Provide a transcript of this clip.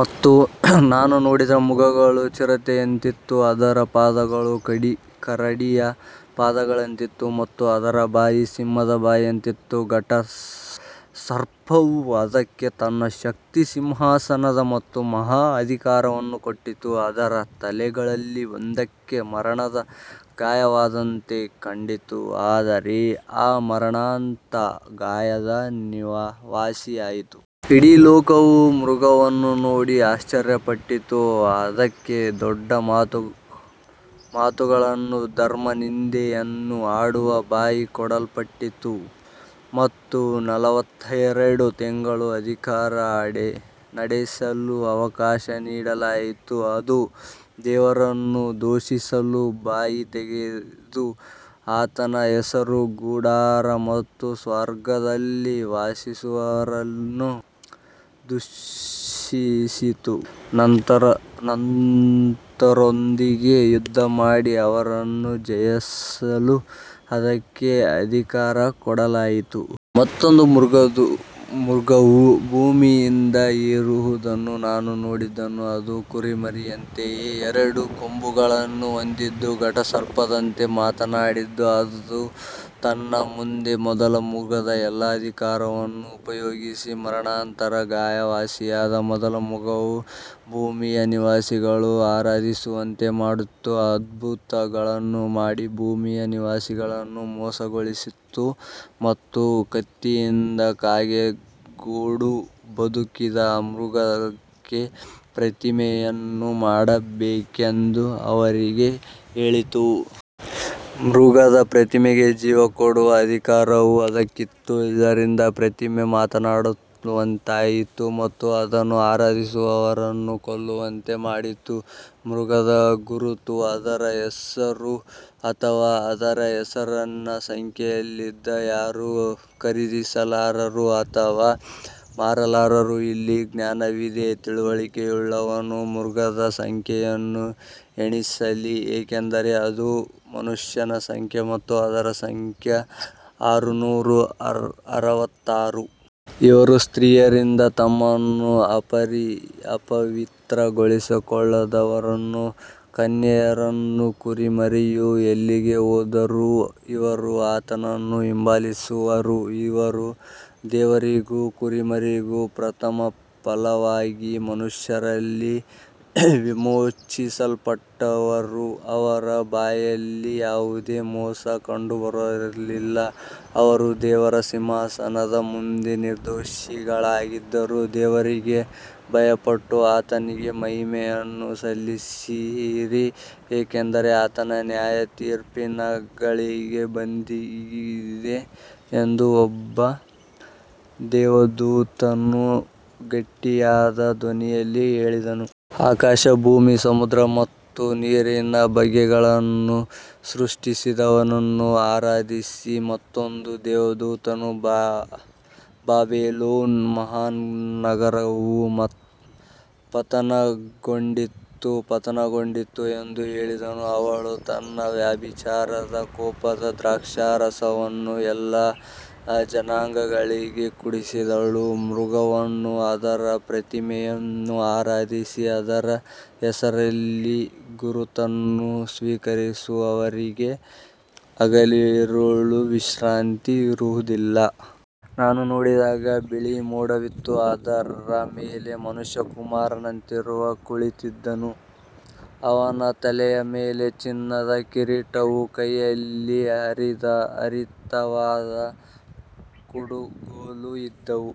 ಮತ್ತು ನಾನು ನೋಡಿದ ಮೃಗವು ಚಿರತೆಯಂತಿತ್ತು, ಅದರ ಪಾದಗಳು ಕರಡಿಯ ಪಾದಗಳಂತಿದ್ದವು ಮತ್ತು ಅದರ ಬಾಯಿ ಸಿಂಹದ ಬಾಯಿಯಂತಿತ್ತು. ಘಟಸರ್ಪವು ಅದಕ್ಕೆ ತನ್ನ ಶಕ್ತಿ, ಸಿಂಹಾಸನ ಮತ್ತು ಮಹಾ ಅಧಿಕಾರವನ್ನು ಕೊಟ್ಟಿತು. ಅದರ ತಲೆಗಳಲ್ಲಿ ಒಂದಕ್ಕೆ ಮರಣದ ಗಾಯವಾದಂತೆ ಕಂಡಿತು, ಆದರೆ ಆ ಮಾರಣಾಂತಿಕ ಗಾಯವು ವಾಸಿಯಾಯಿತು. ಇಡೀ ಲೋಕವು ಮೃಗವನ್ನು ನೋಡಿ ಆಶ್ಚರ್ಯಪಟ್ಟಿತು. ಅದಕ್ಕೆ ದೊಡ್ಡ ಮಾತುಗಳನ್ನೂ ಧರ್ಮನಿಂದೆಯನ್ನೂ ಆಡುವ ಬಾಯಿ ಕೊಡಲ್ಪಟ್ಟಿತು ಮತ್ತು ನಲವತ್ತೆರಡು ತಿಂಗಳು ಅಧಿಕಾರ ನಡೆಸಲು ಅವಕಾಶ ನೀಡಲಾಯಿತು. ಅದು ದೇವರನ್ನು ದೂಷಿಸಲು ಬಾಯಿ ತೆರೆದು ಆತನ ಹೆಸರು, ಗುಡಾರ ಮತ್ತು ಸ್ವರ್ಗದಲ್ಲಿ ವಾಸಿಸುವವರನ್ನು ದೂಷಿಸಿತು. ಸಂತರೊಂದಿಗೆ ಯುದ್ಧಮಾಡಿ ಅವರನ್ನು ಜಯಿಸಲು ಅದಕ್ಕೆ ಅಧಿಕಾರ ಕೊಡಲಾಯಿತು. ಮತ್ತೊಂದು ಮೃಗವು ಭೂಮಿಯಿಂದ ಏರುವುದನ್ನು ನಾನು ನೋಡಿದೆನು. ಅದು ಕುರಿಮರಿಯಂತೆಯೇ ಎರಡು ಕೊಂಬುಗಳನ್ನು ಹೊಂದಿದ್ದು ಘಟಸರ್ಪದಂತೆ ಮಾತನಾಡಿತು. ಅದು ತನ್ನ ಮುಂದೆ ಮೊದಲ ಮೃಗದ ಎಲ್ಲಾ ಅಧಿಕಾರವನ್ನು ಉಪಯೋಗಿಸಿ, ಮಾರಣಾಂತಿಕ ಗಾಯ ವಾಸಿಯಾದ ಮೊದಲ ಮೃಗವನ್ನು ಭೂಮಿಯ ನಿವಾಸಿಗಳು ಆರಾಧಿಸುವಂತೆ ಮಾಡಿತು. ಅದ್ಭುತಗಳನ್ನು ಮಾಡಿ ಭೂಮಿಯ ನಿವಾಸಿಗಳನ್ನು ಮೋಸಗೊಳಿಸಿತು ಮತ್ತು ಕತ್ತಿಯಿಂದ ಗಾಯಗೊಂಡು ಬದುಕಿದ್ದ ಮೃಗಕ್ಕೆ ಪ್ರತಿಮೆಯನ್ನು ಮಾಡಬೇಕೆಂದು ಅವರಿಗೆ ಹೇಳಿತು. ಮೃಗದ ಪ್ರತಿಮೆಗೆ ಜೀವ ಕೊಡುವ ಅಧಿಕಾರವೂ ಅದಕ್ಕಿತ್ತು, ಇದರಿಂದ ಪ್ರತಿಮೆ ಮಾತನಾಡುವಂತಾಯಿತು ಮತ್ತು ಅದನ್ನು ಆರಾಧಿಸದವರನ್ನು ಕೊಲ್ಲುವಂತೆ ಮಾಡಿತು. ಮೃಗದ ಗುರುತು, ಅದರ ಹೆಸರು ಅಥವಾ ಅದರ ಹೆಸರಿನ ಸಂಖ್ಯೆಯಿಲ್ಲದೆ ಯಾರೂ ಖರೀದಿಸಲಾರರು ಅಥವಾ ಮಾರಲಾರರು. ಇಲ್ಲಿ ಜ್ಞಾನವಿದೆ. ತಿಳುವಳಿಕೆಯುಳ್ಳವನು ಮೃಗದ ಸಂಖ್ಯೆಯನ್ನು ಎಣಿಸಲಿ, ಏಕೆಂದರೆ ಅದು ಮನುಷ್ಯನ ಸಂಖ್ಯೆ ಮತ್ತು ಅದರ ಸಂಖ್ಯೆ ಆರುನೂರ ಅರವತ್ತಾರು. ಇವರು ಸ್ತ್ರೀಯರಿಂದ ತಮ್ಮನ್ನು ಅಪವಿತ್ರಗೊಳಿಸಿಕೊಳ್ಳದವರು, ಕನ್ಯೆಯರು. ಕುರಿಮರಿಯು ಎಲ್ಲಿಗೆ ಹೋದರೂ ಇವರು ಆತನನ್ನು ಹಿಂಬಾಲಿಸುವರು. ಇವರು ದೇವರಿಗೂ ಕುರಿಮರಿಗೂ ಪ್ರಥಮಫಲವಾಗಿ ಮನುಷ್ಯರಲ್ಲಿ ವಿಮೋಚಿಸಲ್ಪಟ್ಟವರು. ಅವರ ಬಾಯಲ್ಲಿ ಯಾವುದೇ ಮೋಸ ಕಂಡುಬರಲಿಲ್ಲ, ಅವರು ದೇವರ ಸಿಂಹಾಸನದ ಮುಂದೆ ನಿರ್ದೋಷಿಗಳಾಗಿದ್ದರು. ದೇವರಿಗೆ ಭಯಪಟ್ಟು ಆತನಿಗೆ ಮಹಿಮೆಯನ್ನು ಸಲ್ಲಿಸಿರಿ, ಏಕೆಂದರೆ ಆತನ ನ್ಯಾಯತೀರ್ಪಿನ ಗಳಿಗೆ ಬಂದಿದೆ ಎಂದು ಒಬ್ಬ ದೇವದೂತನು ಗಟ್ಟಿಯಾದ ಧ್ವನಿಯಲ್ಲಿ ಹೇಳಿದನು. ಆಕಾಶ, ಭೂಮಿ, ಸಮುದ್ರ ಮತ್ತು ನೀರಿನ ಬುಗ್ಗೆಗಳನ್ನು ಸೃಷ್ಟಿಸಿದವನನ್ನು ಆರಾಧಿಸಿರಿ. ಮತ್ತೊಬ್ಬ ದೇವದೂತನು, ಬಾಬೆಲೋನ್ ಮಹಾನಗರವು ಪತನಗೊಂಡಿತು, ಪತನಗೊಂಡಿತು ಎಂದು ಹೇಳಿದನು. ಅವಳು ತನ್ನ ವ್ಯಭಿಚಾರದ ಕೋಪದ ದ್ರಾಕ್ಷಾರಸವನ್ನು ಎಲ್ಲಾ ಜನಾಂಗಗಳಿಗೆ ಕುಡಿಸಿದ್ದಳು. ಮೃಗವನ್ನೂ ಅದರ ಪ್ರತಿಮೆಯನ್ನೂ ಆರಾಧಿಸಿ ಅದರ ಹೆಸರಿನ ಗುರುತನ್ನು ಸ್ವೀಕರಿಸುವವರಿಗೆ ಹಗಲಿರುಳು ವಿಶ್ರಾಂತಿ ಇರುವುದಿಲ್ಲ. ನಾನು ನೋಡಿದಾಗ ಬಿಳಿ ಮೋಡವಿತ್ತು. ಅದರ ಮೇಲೆ ಮನುಷ್ಯಕುಮಾರನಂತಿರುವವನು ಕುಳಿತಿದ್ದನು. ಅವನ ತಲೆಯ ಮೇಲೆ ಚಿನ್ನದ ಕಿರೀಟವೂ ಕೈಯಲ್ಲಿ ಹರಿತವಾದ ಕುಡುಗೋಲೂ ಇದ್ದವು.